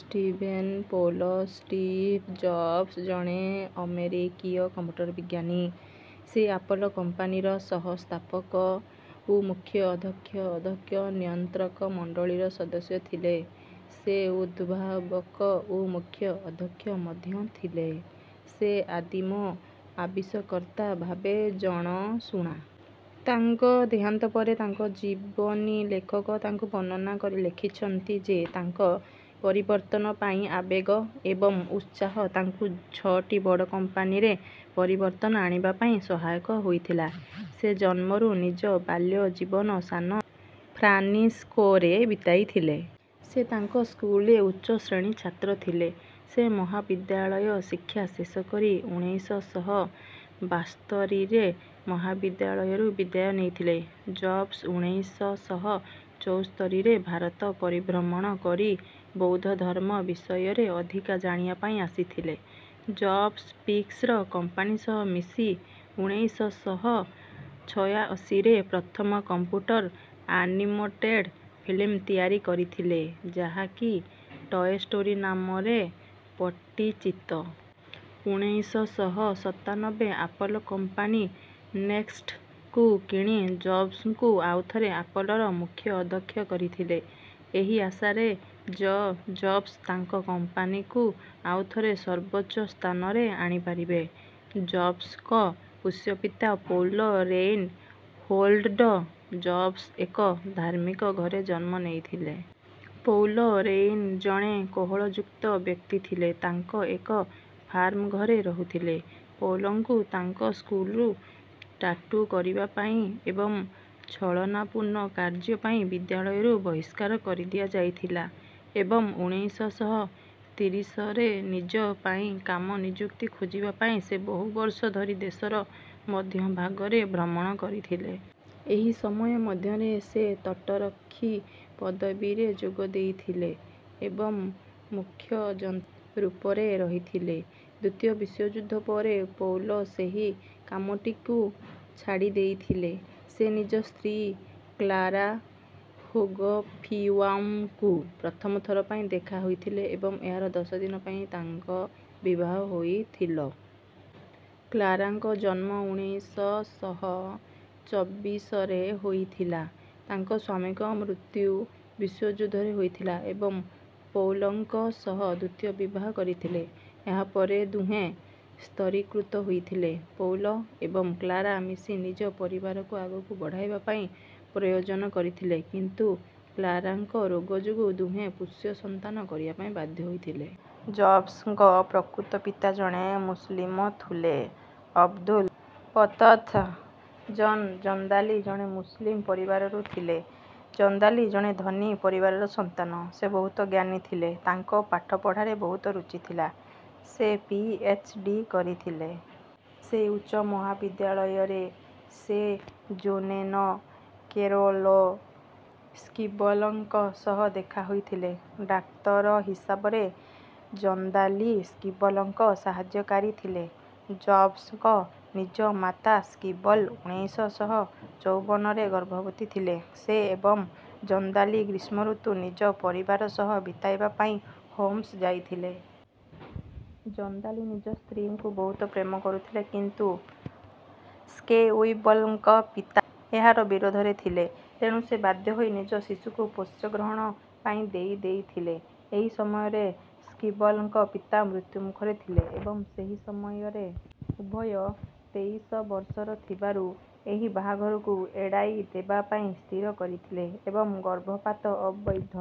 Steven Paul Steve Jobs ଜଣେ ଅମେରିକୀୟ computer ବିଜ୍ଞାନୀ। ସେ ଆପଲ କମ୍ପାନୀର ସହ ସ୍ଥାପକ ଓ ମୁଖ୍ୟ ଅଦ୍ଧକ୍ଷ ଅଦ୍ଧକ୍ଷ ନିୟଂତ୍ରକ ମଣ୍ଡଳିର ସଦସ୍ୟ ଥିଲେ। ସେ. ଉଦ୍ଭାବକ ଓ ମୁଖ୍ୟ ଅଧକ୍ଷ ମଧ୍ୟ ଥିଲେ। ସେ ଆଦିମ ଆବିଷକର୍ତା ଭାବେ ଜଣଶୁଣା। ତାଙ୍କ ଦେହାନ୍ତ ପରେ ତାଙ୍କ ଜୀବନୀ ଲେଖକ ତାଙ୍କୁ ବର୍ଣ୍ଣନା କରି ଲେଖିଛନ୍ତି ଯେ ତାଙ୍କ ପରିବର୍ତନ ପାଇଁ ଆବେଗ ଏବଂ ଉତ୍ସାହ ତାଙ୍କୁ ଛଅଟି ବଡ କମ୍ପାନୀରେ ପରିବର୍ତନ ଆଣିବା ପାଇଁ ସହାୟକ ହୋଇଥିଲା। ସେ ଜନ୍ମରୁ ନିଜ ବାଲ୍ୟ ଜୀବନ ସାନ ଫ୍ରାନ୍ସିସ୍କୋ ରେ ବିତାଇ ଥିଲେ। ସେ ତାଙ୍କ ସ୍କୁଲରେ ଉଚ୍ଚ ଶ୍ରେଣୀ ଛାତ୍ର ଥିଲେ। ସେ ମହାବିଦ୍ୟାଳୟ ଶିକ୍ଷା ଶେଷ କରି ଉଣେଇଶ ଶହ ବାସ୍ତରୀରେ ମହାବିଦ୍ୟାଳୟରୁ ବିଦାୟ ନେଇଥିଲେ। ଜବ୍ସ ଉଣେଇଶ ଶହ ଚଉସ୍ତରୀରେ ଭାରତ ପରିଭ୍ରମଣ କରି ବୋୖଦ୍ଧଧର୍ମ ବିଷୟରେ ଅଧିକା ଜାଣିବା ପାଇଁ ଆସିଥିଲେ। ଜବ୍ସ ପିକ୍ସର କମ୍ପାନୀ ସହ ମିଶି ଉଣେଇଶ ଶହ ଛୟାଅଶୀରେ ପ୍ରଥମ କମ୍ପୁଟର ଆନିମଟେଡ଼ ଫିଲ୍ମ ତିଆରି କରିଥିଲେଯାହା କି ଟଏ ଷ୍ଟୋରି ନାମରେ ପଟିଚିତ। ଉଣେଇଶ ଶହ ସତାନବେ ଆପଲ କମ୍ପାନୀ ନେକ୍ସଟ୍ କୁ କିଣି ଜବ୍ସଙ୍କୁ ଆଉ ଥରେ ଆପଲର ମୁଖ୍ୟ ଅଧକ୍ଷ କରିଥିଲେ, ଏହି ଆଶାରେ ଯ ଜବ୍ସ ତାଙ୍କ କମ୍ପାନୀକୁ ଆଉ ଥରେ ସର୍ବୋଚ୍ଚ ସ୍ଥାନରେ ଆଣି ପାରିବେ। ଜବ୍ସଙ୍କ ପୋଷ୍ୟ ପିତା ପୌଲ ରେଇନ ହୋଲ୍ଡ଼ ଜବ୍ସ ଏକ ଧାର୍ମିକ ଘରେ ଜନ୍ମ ନେଇଥିଲେ। ପୌଲ ରେଇନ ଜଣେ କୋହଳଯୁକ୍ତ ବ୍ୟକ୍ତି ଥିଲେ। ତାଙ୍କ ଏକ ଫାର୍ମଘରେ ରହୁଥିଲେ। ପୌଲଙ୍କୁ ତାଙ୍କ ସ୍କୁଲରୁ ଟାଟୁ କରିବା ପାଇଁ ଏବଂ ଛଳନା ପୂର୍ଣ କାର୍ୟ୍ଯ ପାଇଁ ବିଦ୍ୟାଳୟରୁ ବହିଷ୍କାର କରିଦିଆ ଯାଇଥିଲା ଏବଂ ଉଣେଇଶ ଶହ ତିରିଶରେ ନିଜ ପାଇଁ କାମ ନିଯୁକ୍ତି ଖୋଜବା ପାଇଁ ସେ ବହୁ ବର୍ଷ ଧରି ଦେଶର ମଧ୍ୟ ଭାଗରେ ଭ୍ରମଣ କରିଥିଲେ। ଏହି ସମୟ ମଧ୍ୟରେ ସେ ତଟରକ୍ଷୀ ପଦବୀରେ ଯୋଗ ଦେଇଥିଲେ ଏବଂ ମୁଖ୍ୟ ଯନ୍ତ୍ରୀ ରୂପରେ ରହିଥିଲେ। ଦ୍ୱିତୀୟ ବିଶ୍ୱ ଯୁଦ୍ଧ ପରେ ପୌଲ ସେହି କାମ ଟିକୁ ଛାଡି ଦେଇଥିଲେ। ସେ ନିଜ ସ୍ତ୍ରୀ କ୍ଳାରା ହୋଗଫିୱାଂଙ୍କୁ ପ୍ରଥମ ଥର ପାଇଁ ଦେଖା ହୋଇଥିଲେ ଏବଂ ଏହାର ଦଶ ଦିନ ପାଇଁ ତାଙ୍କ ବିବାହ ହୋଇଥିଲ। କ୍ଳାରାଙ୍କ ଜନ୍ମ ଉଣେଇଶ ଶହ ଚବିଶରେ ହୋଇ ଥିଲା। ତାଙ୍କ ସ୍ୱାମୀଙ୍କ ମୃତ୍ୟୁ ବିଶ୍ୱଯୁଦ୍ଧରେ ହୋଇଥିଲା ଏବଂ ପୌଲଙ୍କ ସହ ଦ୍ୱିତୀୟ ବିବାହ କରିଥିଲେ। ଏହାପରେ ଦୁହେଁ ସ୍ଥରୀକୃତ ହୋଇଥିଲେ। ପୌଲ ଏବଂ କ୍ଳାରା ମିଶି ନିଜ ପରିବାରକୁ ଆଗକୁ ବଢାଇବା ପାଇଁ ପ୍ରୟୋଜନ କରିଥିଲେ କିନ୍ତୁ କ୍ଳାରାଙ୍କ ରୋଗ ଯୋଗୁଁ ଦୁହେଁ ପୋଷ୍ୟ ସନ୍ତାନ କରିବା ପାଇଁ ବାଧ୍ୟ ହୋଇଥିଲେ। ଜବ୍ସଙ୍କ ପ୍ରକୃତ ପିତା ଜଣେ ମୁସଲିମ ଥୁଲେ। ଅବଦୁଲ ପତ୍ଥହ ଜନ ଜନ୍ଦାଲି ଜଣେ ମୁସଲିମ ପରିବାରରୁ ଥିଲେ। ଜନ୍ଦାଲି ଜଣେ ଧନୀ ପରିବାରର ସନ୍ତାନ। ସେ ବହୁତ ଜ୍ଞାନୀ ଥିଲେ। ତାଙ୍କ ପାଠପଢ଼ାରେ ବହୁତ ରୁଚି ଥିଲା। ସେ ପି. ଏଚ. ଡି କରିଥିଲେ। ସେହି ଉଚ୍ଚ ମହାବିଦ୍ୟାଳୟରେ ସେଯୋନେନ କେରୋଲ ସ୍କିବଲ ଙ୍କ ସହ ଦେଖା ହୋଇଥିଲେ। ଡାକ୍ତର ହିସାବରେ ଜନ୍ଦାଲି ସ୍କିବଲଙ୍କ ସହାଯ୍ୟକାରୀ ଥିଲେ। ଜବ୍ସଙ୍କ ନିଜ ମାତା ସ୍କିବଲ ଉଣେଇଶ ଶହ ଚଉବନରେ ଗର୍ଭବତୀ ଥିଲେ। ସେ ଏବଂ ଜନ୍ଦାଲି ଗ୍ରୀଷ୍ମୠତୁ ନିଜ ପରିବାର ସହ ବିତାଇବା ପାଇଁ ହୋମ୍ସ ଯାଇଥିଲେ। ଜନ୍ଦାଲି ନିଜ ସ୍ତ୍ରୀଙ୍କୁ ବହୁତ ପ୍ରେମ କରୁଥିଲେ କିନ୍ତୁ ସ୍କେୱିବଲଙ୍କ ପିତା ଏହାର ବିରୋଧରେ ଥିଲେ। ତେଣୁ ସେ ବାଧ୍ୟ ହୋଇ ନିଜ ଶିଶୁକୁ ପୋଷ୍ୟ ଗ୍ରହଣ ପାଇଁ ଦେଇ ଦେଇଥିଲେ। ସେହି ସମୟରେ ସ୍କିବଲଙ୍କ ପିତା ମୃତ୍ୟୁ ମୁଖରେ ଥିଲେ। ଏବଂ ସେହି ସମୟରେ ଉଭୟ ତେଇଶ ବର୍ଷର ଥିବାରୁ ଏହି ବାହାଘରକୁ ଏଡାଇ ଦେବା ପାଇଁ ସ୍ଥିର କରିଥିଲେ ଏବଂ ଗର୍ଭପାତ ଅବୈଧ